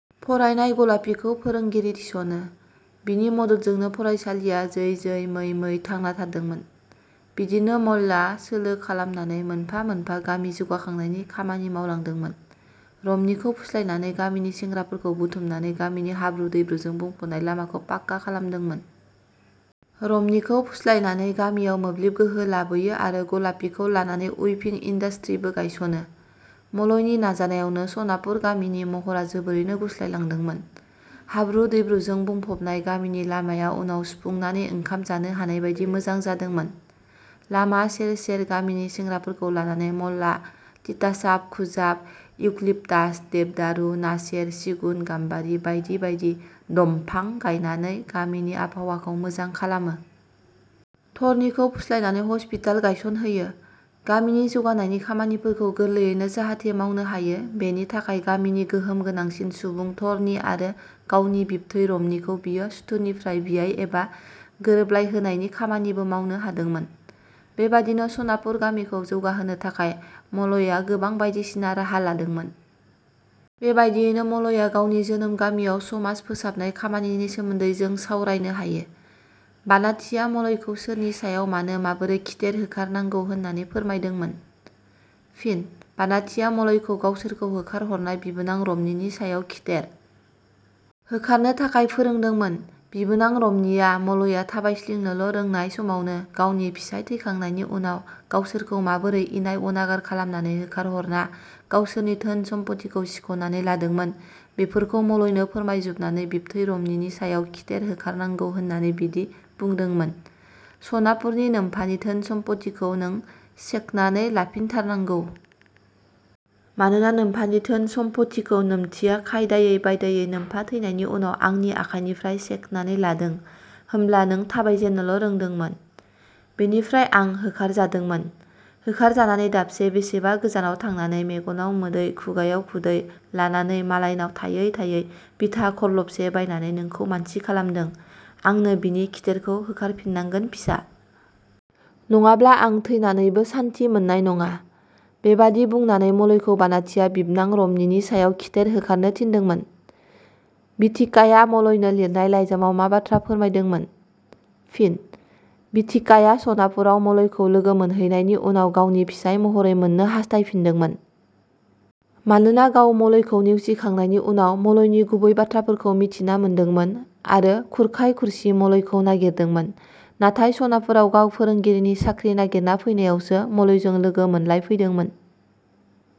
फरायनाय गलापीखौ फोरोंगिरि थिसनो। बिनि मददजोंनो फरायसालिया जै जै मै मै थांना थादोंमोन। बिदिनो मलया सोलो खालामनानै मोनफा मोनफा गामि जौगाखांनायनि खामानि मावलांदोंमोन। रमनिखौ फुस्लायनानै गामिनि सेंग्राफोरखौ बुथुमनानै गामिनि हाब्रु दैब्रुजों बुंफबनाय लामाजों पाका खालामदोंमोन। रमनिखौ फुस्लायनानै गामियाव मोब्लिब गोहो लाबोयो आरो गलापिखौ लानानै उइभिं इन्दास्ट्रिबो गायसनो। मलयनि नाजानायावनो सनापुर गामिनि महरा जोबोरैनो गुस्लायलांदोंमोन। हाब्रु दैब्रुजों बुंफबनाय गामिनि लामाया उनाव सुफुंनानै ओंखाम जानो हानायबादि मोजां जादोंमोन। लामा सेर सेर गामिनि सेंग्राफोरखौ लानानै मलया तितासाप, खुजाब, इउक्लिपतास, देबदारू, नासेर, सिगुन, गाम्बारि बायदि बायदि दमफां गायनानै गामिनि आबहावाखौ मोजां खालामो। धरनिखौ फुस्लायनानै हस्पिताल गायसनहोयो। गामिनि जौगानायनि खामानिफोरखौ गोरलैयैनो जाहाथे मावनो हायो बेनि थाखाय गामिनि गोहोम गोनांसिन सुबुं धरनि आरो गावनि बिबथै रमनिखौ बियो सुथुरनिफ्राय बियाय एबा गोरोबलायहोनायनि खामानिबो मावनो हादोंमोन। बेबादिनो सनापुर गामिखौ जौगाहोनो थाखाय मलया गोबां बायदिसिना राहा लादोंमोन। बेबादियैनो मलया गावनि जोनोम गामियाव समाज फोसाबनाय खामानिनि सोमोन्दै जों सावरायनो हायो। बानाथिया मलयखौ सोरनि सायाव मानो माबोरै खिथेर होखार- नांगौ होननानै फोरमायदोंमोन? ' फिनः बानाथिया मलयखौ गावसोरखौ होखारहरनाय बिबोनां रमनिनि सायाव खिथेर होखारनो थाखाय फोरोंदोंमोन बिबोनां रमनिया मलया 'थाबायस्लिंनोल' रोंनाय समावनो गावनि फिसाइ थैखांनायनि उनाव गावसोरखौ माबोरै इनाय अनागार खालामनानै होखारहरना गावसोरनि धोन सम्फथिखौ सिखनानै लादोंमोन बेफोरखौ मलयनो फोरमायजुबनानै बिबथै रमनिनि सायाव खिथेर होखारनांगौ होननानै बिदि बुंदोंमोन- "सनापुरनि नोमफानि धोन सम्फथिखौ नों सेखनानै लाफिनथारनांगौ। मानोना नोम्फानि धोन सम्फथिखौ नोमथिया खायदायै बायदायै नोमफा थैनायनि उनाव आंनि आखाइनिफ्राय सेखनानै लादों। होमब्ला नों थाबायजेननोल' रोंदोंमोन। बेनिफ्राय आं होखारजादोंमोन। होखारजानानै दाबसे 'बेसेबा गोजानाव थांनानै मेगनाव मोदै खुगायाव खुदै लानानै मालायनाव थायै थायै भिथा खरलबसे बायनानै नोंखौ मानसि खालामदों आंनों बिनि खिथेरखौ होखारफिननांगोन फिसा। नङाब्ला आं थैनानैबो सान्थि मोननाय नङा। " बेबादि बुंनानै मलयखौ बानाथिया बिबनां रमनिनि सायाव खिथेर होखारनो थिनदोंमोन। बिथिकाया मलयनो लिरनाय लाइजामाव मा बाथ्रा फोरमाय- दोंमोन? फिन: बिथिकाया सनापुराव मलयखौ लोगो मोनहैनायनि उनाव गावनि फिसाइ महरै मोननो हास्थायफिनदोंमोन। मानोना गाव मलयखौ नेवसिखांनायनि उनाव मलयनि गुबै बाथ्राफोरखौ मिथिना मोनदोंमोन आरो खुरखाय खुरसि मलयखौ नागिरदोंमोन नाथाय सनापुराव गाव फोरोंगिरिनि साख्रि नागिरना फैनायावसो मलयजों लोगो मोनलायफैदोंमोन।।